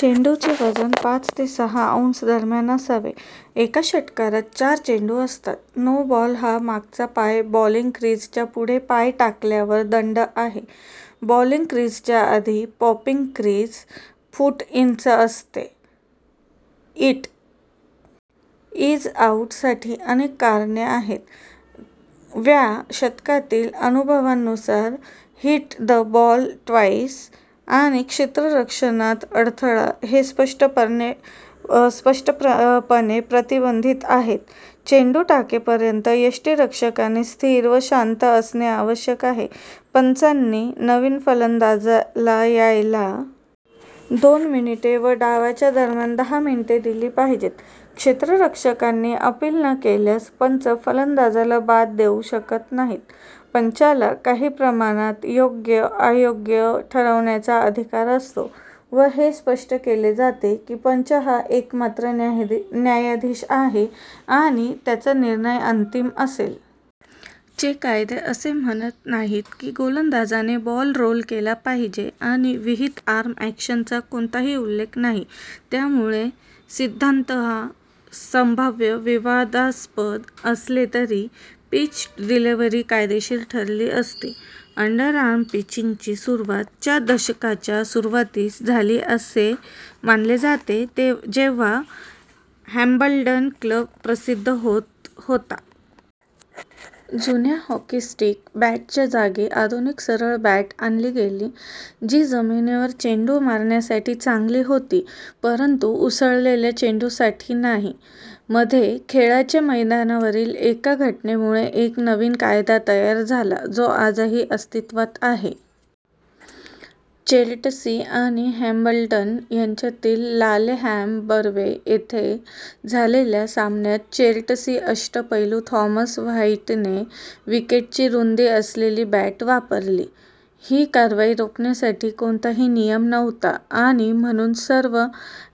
चेंडूचे वजन पाच ते सहा औंस दरम्यान असावे; एका षटकात चार चेंडू असतात; नो-बॉल हा मागचा पाय बॉलिंग क्रीझच्या पुढे पाय टाकल्यावर दंड आहे; बॉलिंग क्रीजच्या आधी पॉपिंग क्रीज फूट इंच असते; "इट इज आउट" साठी अनेक कारणे आहेत; व्या शतकातील अनुभवांनुसार हिट द बॉल ट्वाइस आणि क्षेत्ररक्षणात अडथळा हे स्पष्टपणे प्रतिबंधीत आहेत; चेंडू टाकेपर्यंत यष्टिरक्षकाने स्थिर व शांत असणे आवश्यक आहे; पंचांनी नवीन फलंदाजला यायला दोन मिनिटे व डावाच्या दरम्यान दहा मिनिटे दिली पाहिजेत; क्षेत्ररक्षकांनी अपील न केल्यास पंच फलंदाजाला बाद देऊ शकत नाहीत; पंचाला काही प्रमाणात योग्यायोग्य ठरवण्याचा अधिकार असतो व हे स्पष्ट केले जाते की पंच हा "एकमात्र न्यायाधीश" आहे आणि "त्याचा निर्णय अंतिम असेल". चे कायदे असे म्हणत नाहीत की गोलंदाजाने बॉल रोल केला पाहिजे आणि विहित आर्म ॲक्शनचा कोणताही उल्लेख नाही त्यामुळे, सिद्धांततः, संभाव्य विवादास्पद असले तरी पिच्ड डिलीव्हरी कायदेशीर ठरली असती. अंडरआर्म पिचिंगची सुरुवात च्या दशकाच्या सुरुवातीस झाली असे मानले जाते जेव्हा हॅम्बल्डन क्लब प्रसिद्ध होत होता. जुन्या "हॉकी स्टिक" बॅटच्या जागी आधुनिक सरळ बॅट आणली गेली जी जमिनीवर चेंडू मारण्यासाठी चांगली होती परंतु उसळलेल्या चेंडूसाठी नाही. मध्ये खेळाच्या मैदानावरील एका घटनेमुळे एक नवीन कायदा तयार झाला जो आजही अस्तित्त्वात आहे. चेर्टसी आणि हॅम्बल्डन यांच्यातील लालेहॅम बर्वे येथे झालेल्या सामन्यात चेर्टसी अष्टपैलू थॉमस व्हाईटने विकेटची रुंदी असलेली बॅट वापरली. ही कारवाई रोखण्यासाठी कोणताही नियम नव्हता आणि म्हणून सर्व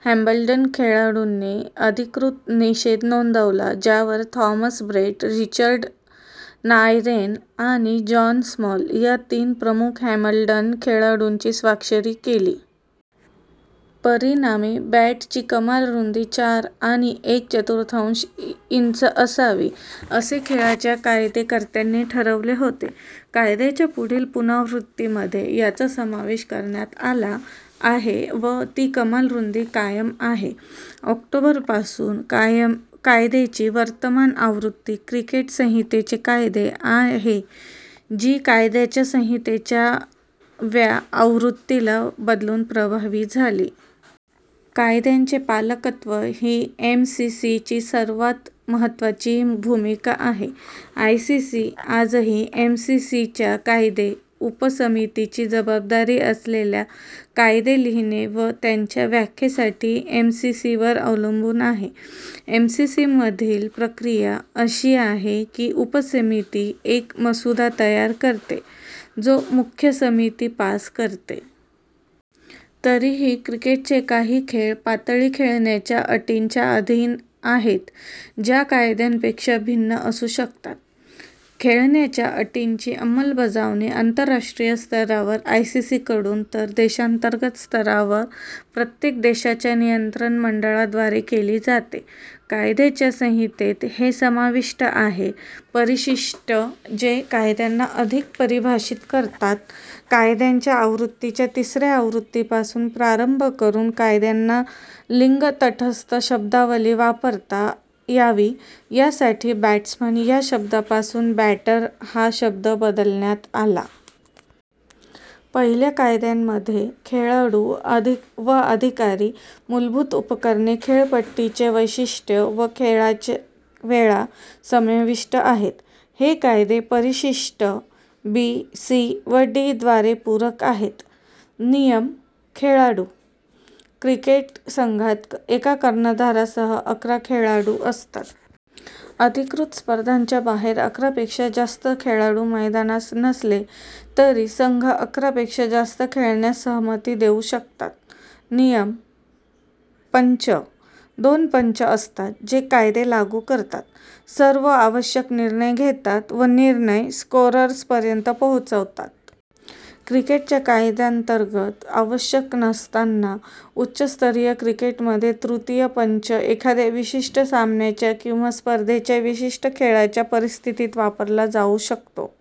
हॅम्बल्डन खेळाडूंनी अधिकृत निषेध नोंदवला ज्यावर थॉमस ब्रेट, रिचर्ड नायरेन आणि जॉन स्मॉल या तीन प्रमुख हॅम्बल्डन खेळाडूंनी स्वाक्षरी केली. परिणामी, बॅटची कमाल रुंदी चार आणि एक चतुर्थांश इंच असावी, असे खेळाच्या कायदेकर्त्यांनी ठरवले होते; कायद्याच्या पुढील पुनरावृत्तीमध्ये याचा समावेश करण्यात आला आहे व ती कमाल रुंदी कायम आहे. ऑक्टोबर पासून कायद्याची वर्तमान आवृत्ती "क्रिकेट संहितेचे कायदे" आहे, जी " कायद्याच्या संहितेच्या" व्या आवृत्तीला बदलून प्रभावी झाली. कायद्यांचे पालकत्त्व ही एमसीसी ची सर्वात महत्वाची भूमिका आहे. आयसीसी आजही एमसीसी च्या कायदे उपसमितीची जबाबदारी असलेल्या कायदे लिहिणे व त्यांच्या व्याख्येसाठी एमसीसी वर अवलंबून आहे. एमसीसी मधील प्रक्रिया अशी आहे की उपसमिती एक मसुदा तयार करते जो मुख्य समिती पास करते. तरीही क्रिकेटचे काही खेळ पातळी खेळण्याच्या अटींच्या अधीन आहेत ज्या कायद्यांपेक्षा भिन्न असू शकतात. खेळण्याच्या अटींची अंमलबजावणी आंतरराष्ट्रीय स्तरावर आयसीसीकडून तर देशांतर्गत स्तरावर प्रत्येक देशाच्या नियंत्रण मंडळाद्वारे केली जाते. कायद्याच्या संहितेत हे समाविष्ट आहे: परिशिष्ट, जे कायद्यांना अधिक परिभाषित करतात; कायद्यांच्या आवृत्तीच्या तिसऱ्या आवृत्तीपासून प्रारंभ करून कायद्यांना लिंग-तटस्थ शब्दावली वापरता यावी यासाठी "बॅट्समन " या शब्दापासून "बॅटर" हा शब्द बदलण्यात आला. पहिल्या कायद्यांमध्ये खेळाडू व अधिकारी, मूलभूत उपकरणे, खेळपट्टीची वैशिष्ट्ये व खेळाच्या वेळा समाविष्ट आहेत. हे कायदे परिशिष्ट बी, सी व डी द्वारे पूरक आहेत. नियम: खेळाडू. क्रिकेट संघात एका कर्णधारासह अकरा खेळाडू असतात. अधिकृत स्पर्धांच्या बाहेर अकरापेक्षा जास्त खेळाडू मैदानात नसले तरी संघ अकरा पेक्षा जास्त खेळण्यास सहमती देऊ शकतात. नियम: पंच. दोन पंच असतात, जे कायदे लागू करतात, सर्व आवश्यक निर्णय घेतात व निर्णय स्कोअरर्सपर्यंत पोहोचवतात. क्रिकेटच्या कायद्यांतर्गत आवश्यक नसताना उच्चस्तरीय क्रिकेटमध्ये तृतीय पंच एखाद्या विशिष्ट सामन्याच्या किंवा स्पर्धेच्या विशिष्ट खेळाच्या परिस्थितीत वापरला जाऊ शकतो.